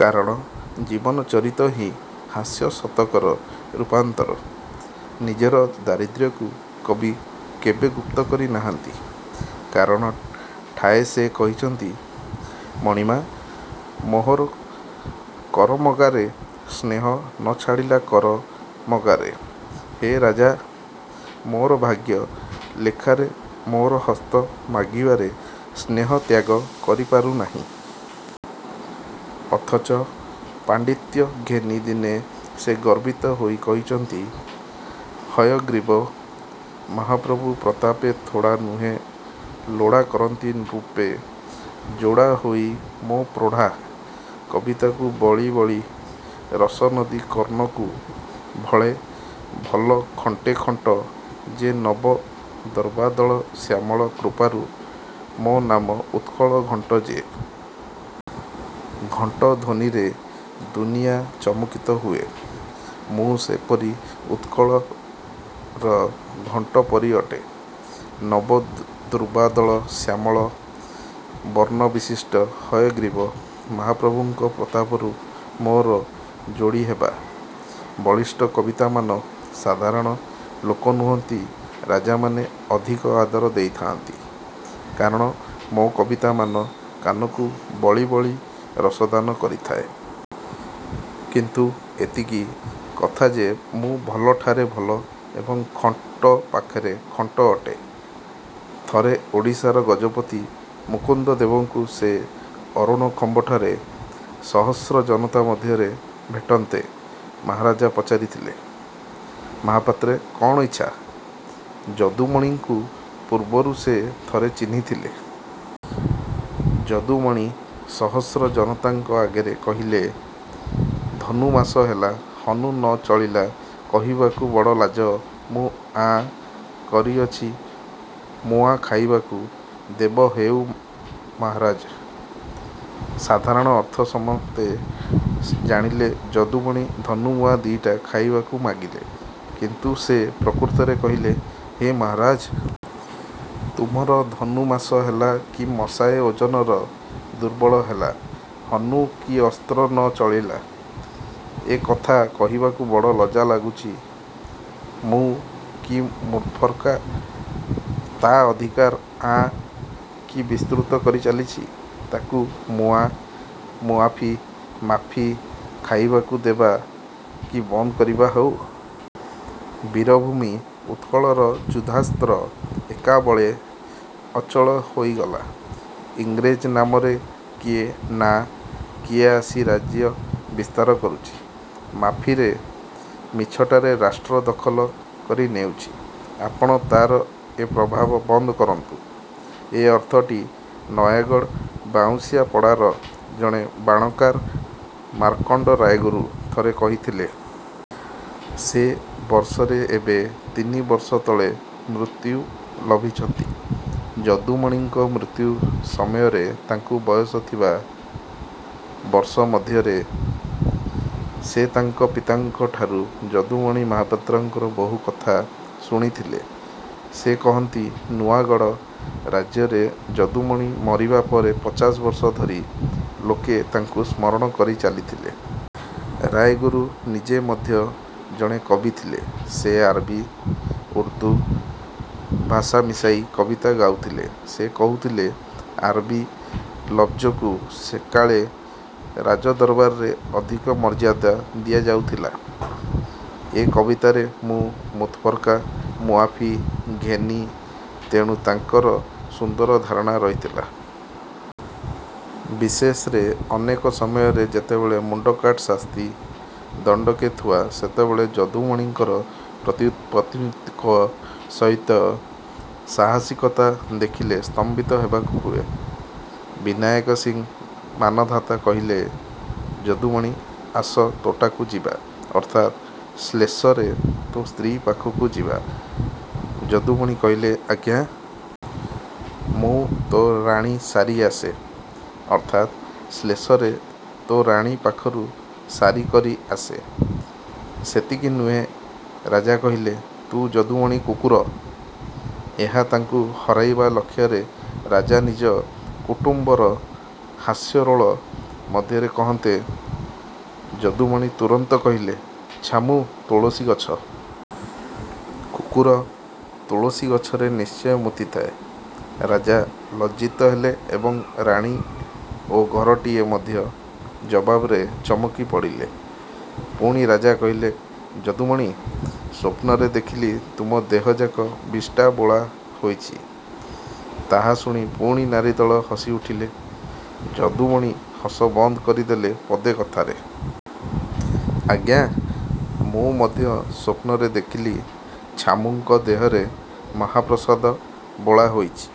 କାରଣ ଜୀବନଚରିତ ହିଁ ହାସ୍ୟଶତକର ରୂପାନ୍ତର। ନିଜର ଦାରିଦ୍ର୍ୟକୁ କବି କେବେ ଗୁପ୍ତକରି ନାହାନ୍ତି। କାରଣ ଠାଏ ସେ କହିଛନ୍ତି- ମଣିମା ମୋହର କରମଗାରେ ସ୍ନେହ ନଛାଡ଼ିଲା କର ମଗାରେ। ହେ ରାଜା! ମୋର ଭାଗ୍ୟ ଲେଖାରେ ମୋର ହସ୍ତ ମାଗିବାରେ ସ୍ନେହ ତ୍ୟାଗ କରିପାରୁ ନାହିଁ। ଅଥଚ ପାଣ୍ଡିତ୍ୟ ଘେନି ଦିନେ ସେ ଗର୍ବିତ ହୋଇ କହିଛନ୍ତି- ହୟଗ୍ରୀବ ମହାପ୍ରଭୁ ପ୍ରତାପେ ଥୋଡ଼ା ନୁହେଁ ଲୋଡ଼ା କରନ୍ତି ନୃପେ ଯୋଡ଼ା ହୋଇ ମୋ ପ୍ରୋଢ଼ା କବିତାକୁ ବଳି ବଳି ରସ ନଦୀ କର୍ଣ୍ଣକୁ ଭଲେ ଭଲ ଖଣ୍ଟେ ଖଣ୍ଟ ଯେ ନବ ଦ ର୍ବାଦଳ ଶ୍ୟାମଳ କୃପାରୁ ମୋ ନାମ ଉତ୍କଳ ଘଣ୍ଟ ଯେ। ଘଣ୍ଟ ଧ୍ୱନିରେ ଦୁନିଆ ଚମକିତ ହୁଏ। ମୁଁ ସେପରି ଉତ୍କଳର ଘଣ୍ଟ ପରି ଅଟେ। ନବଦୂର୍ବାଦଳ ଶ୍ୟାମଳ ବର୍ଣ୍ଣ ବିଶିଷ୍ଟ ହୟଗ୍ରୀବ ମହାପ୍ରଭୁଙ୍କ ପ୍ରତାପରୁ ମୋର ଯୋଡ଼ିହେବା। ବଳିଷ୍ଠ କବିତାମାନ ସାଧାରଣ ଲୋକ ନୁହନ୍ତି ରାଜାମାନେ ଅଧିକ ଆଦର ଦେଇଥାନ୍ତି। କାରଣ ମୋ କବିତାମାନ କାନକୁ ବଳି ବଳି ରସଦାନ କରିଥାଏ। କିନ୍ତୁ ଏତିକି କଥା ଯେ ମୁଁ ଭଲଠାରେ ଭଲ ଏବଂ ଖଣ୍ଟ ପାଖରେ ଖଣ୍ଟ ଅଟେ। ଥରେ ଓଡ଼ିଶାର ଗଜପତି ମୁକୁନ୍ଦଦେବଙ୍କୁ ସେ ଅରୁଣ ଖମ୍ବଠାରେ ସହସ୍ର ଜନତା ମଧ୍ୟରେ ଭେଟନ୍ତେ ମହାରାଜା ପଚାରିଥିଲେ ''ମହାପାତ୍ରେ କ'ଣ ଇଚ୍ଛା? " ଯଦୁମଣିଙ୍କୁ ପୂର୍ବରୁ ସେ ଥରେ ଚିହ୍ନିଥିଲେ। ଯଦୁମଣି ସହସ୍ର ଜନତାଙ୍କ ଆଗରେ କହିଲେ- ଧନୁମାସ ହେଲା ହନୁ ନ ଚଳିଲା କହିବାକୁ ବଡ଼ଲାଜ ମୁଁ ଆଁ କରିଅଛି ମୁଆଁ ଖାଇବାକୁ ଦେବ ହେଉ ମହାରାଜ। ସାଧାରଣ ଅର୍ଥ ସମନ୍ତେ ଜାଣିଲେ ଯଦୁମଣି ଧନୁମୁଆଁ ଦିଟା ଖାଇବାକୁ ମାଗିଲେ। କିନ୍ତୁ ସେ ପ୍ରକୃତରେ କହିଲେ- ହେ ମହାରାଜ! ତୁମର ଧନୁ ମାଷ ହେଲା କି ମଷାଏ ଓଜନର ଦୁର୍ବଳ ହେଲା। ହନୁ କି ଅସ୍ତ୍ର ନ ଚଳିଲା। ଏ କଥା କହିବାକୁ ବଡ଼ ଲଜ୍ଜା ଲାଗୁଛି। ମୂଁ−କି ମୁତଫର୍କା ତା ଅଧିକାର ଆଁ−କି ବିସ୍ତୃତ କରି ଚାଲିଛି। ତାକୁ ମୁଆ−ମୁଆଫି-ମାଫି ଖାଇବାକୁ 'ଦେବା' କି ବନ୍ଦ କରିବା ହେଉ। ବୀରଭୂମି ଉତ୍କଳର ଯୁଦ୍ଧାସ୍ତ୍ର ଏକାବେଳେ ଅଚଳ ହୋଇଗଲା। ଇଂରେଜ ନାମରେ କିଏ ନାଁ କିଏ ଆସି ରାଜ୍ୟ ବିସ୍ତାର କରୁଛି। ମାଫିରେ ମିଛଟାରେ ରାଷ୍ଟ୍ର ଦଖଲ କରି ନେଉଛି। ଆପଣ ତାର ଏ ପ୍ରଭାବ ବନ୍ଦ କରନ୍ତୁ। ଏ ଅର୍ଥଟି ନୟାଗଡ଼ ବାଉଁଶିଆପଡ଼ାର ଜଣେ ବାଣକାର ମାର୍କଣ୍ଡ ରାୟଗୁରୁ ଥରେ କହିଥିଲେ। ସେ ବର୍ଷରେ ଏବେ ତିନି ବର୍ଷ ତଳେ ମୃତ୍ୟୁ ଲଭିଛନ୍ତି। ଯଦୁମଣିଙ୍କ ମୃତ୍ୟୁ ସମୟରେ ତାଙ୍କୁ ବୟସ ଥିବା। ବର୍ଷ ମଧ୍ୟରେ। ସେ ତାଙ୍କ ପିତାଙ୍କଠାରୁ ଯଦୁମଣି ମହାପାତ୍ରଙ୍କର ବହୁକଥା ଶୁଣିଥିଲେ। ସେ କହନ୍ତି ନୂଆଗଡ଼ ରାଜ୍ୟରେ ଯଦୁମଣି ମରିବା ପରେ ପଚାଶ ବର୍ଷ ଧରି ଲୋକେ ତାଙ୍କୁ ସ୍ମରଣ କରି ଚାଲିଥିଲେ। ରାୟଗୁରୁ ନିଜେ ମଧ୍ୟ ଜଣେ କବି ଥିଲେ। ସେ ଆରବି, ଉର୍ଦ୍ଦୁ ଭାଷା ମିଶାଇ କବିତା ଗାଉଥିଲେ। ସେ କହୁଥିଲେ ଆରବି ଲବ୍ଜକୁ ସେକାଳେ ରାଜଦରବାରେ ଅଧିକ ମର୍ଯ୍ୟାଦା ଦିଆଯାଉଥିଲା। ଏ କବିତାରେ ମୁଁ ମୁତଫର୍କା, ମୁଆଫି ଘେନି ତେଣୁ ତାଙ୍କର ସୁନ୍ଦର ଧାରଣା ରହିଥିଲା। ବିଶେଷରେ ଅନେକ ସମୟରେ ଯେତେବେଳେ ମୁଣ୍ଡକାଟ ଶାସ୍ତି ଦଣ୍ଡକେ ଥୁଆ, ସେତେବେଳେ ଯଦୁମଣିଙ୍କର ପ୍ରତ୍ୟୁତ୍ପନ୍ନମତିତ୍ୱ ସହିତ ସାହସିକତା ଦେଖିଲେ ସ୍ତମ୍ଭିତ ହେବାକୁ ହୁଏ। ବିନାୟକ ସିଂହ ମାନଧାତା କହିଲେ-ଯଦୁମଣି ଆସ ତୋଟାକୁ ଯିବା ଅର୍ଥାତ୍ ଶ୍ଳେଷରେ ତୋ ସ୍ତ୍ରୀ ପାଖକୁ ଯିବା। ଯଦୁମଣି କହିଲେ ଆଜ୍ଞା! ମୁଁ ତୋ ରାଣୀ ସାରି ଆସେ। ଅର୍ଥାତ୍ ଶ୍ଳେଷରେ ତୋ ରାଣୀ ପାଖରୁ ସାରି କରି ଆସେ। ସେତିକି ନୁହେଁ ରାଜା କହିଲେ-ତୁ ଯଦୁମଣି କୁକୁର। ଏହା ତାଙ୍କୁ ହରାଇବା ଲକ୍ଷରେ ରାଜା ନିଜ କୁଟୁମ୍ବର ହାସ୍ୟରୋଳ ମଧ୍ୟରେ କହନ୍ତେ, ଯଦୁମଣି ତୁରନ୍ତ କହିଲେ-ଛାମୁଁ ତୁଳସୀଗଛ। କୁକୁର ତୁଳସୀଗଛରେ ନିଶ୍ଚୟ ମୂତିଥାଏ। ରାଜା ଲଜ୍ଜିତ ହେଲେ ଏବଂ ରାଣୀ ଓ ଘରଟିଏ ମଧ୍ୟ ଜବାବରେ ଚମକି ପଡ଼ିଲେ। ପୁଣି ରାଜା କହିଲେ ''ଯଦୁମଣି, ସ୍ୱପ୍ନରେ ଦେଖିଲି ତୁମ ଦେହଯାକ ବିଷ୍ଠା ବୋଳା ହୋଇଛି। ତାହା ଶୁଣି ପୁଣି ନାରୀଦଳ ହସିଉଠିଲେ। ଯଦୁମଣି ହସ ବନ୍ଦ କରିଦେଲେ ପଦେ କଥାରେ। ''ଆଜ୍ଞା! ମୁଁ ମଧ୍ୟ ସ୍ୱପ୍ନରେ ଦେଖିଲି ଛାମୁଁଙ୍କ ଦେହରେ ମହାପ୍ରସାଦ ବୋଳା ହୋଇଛି।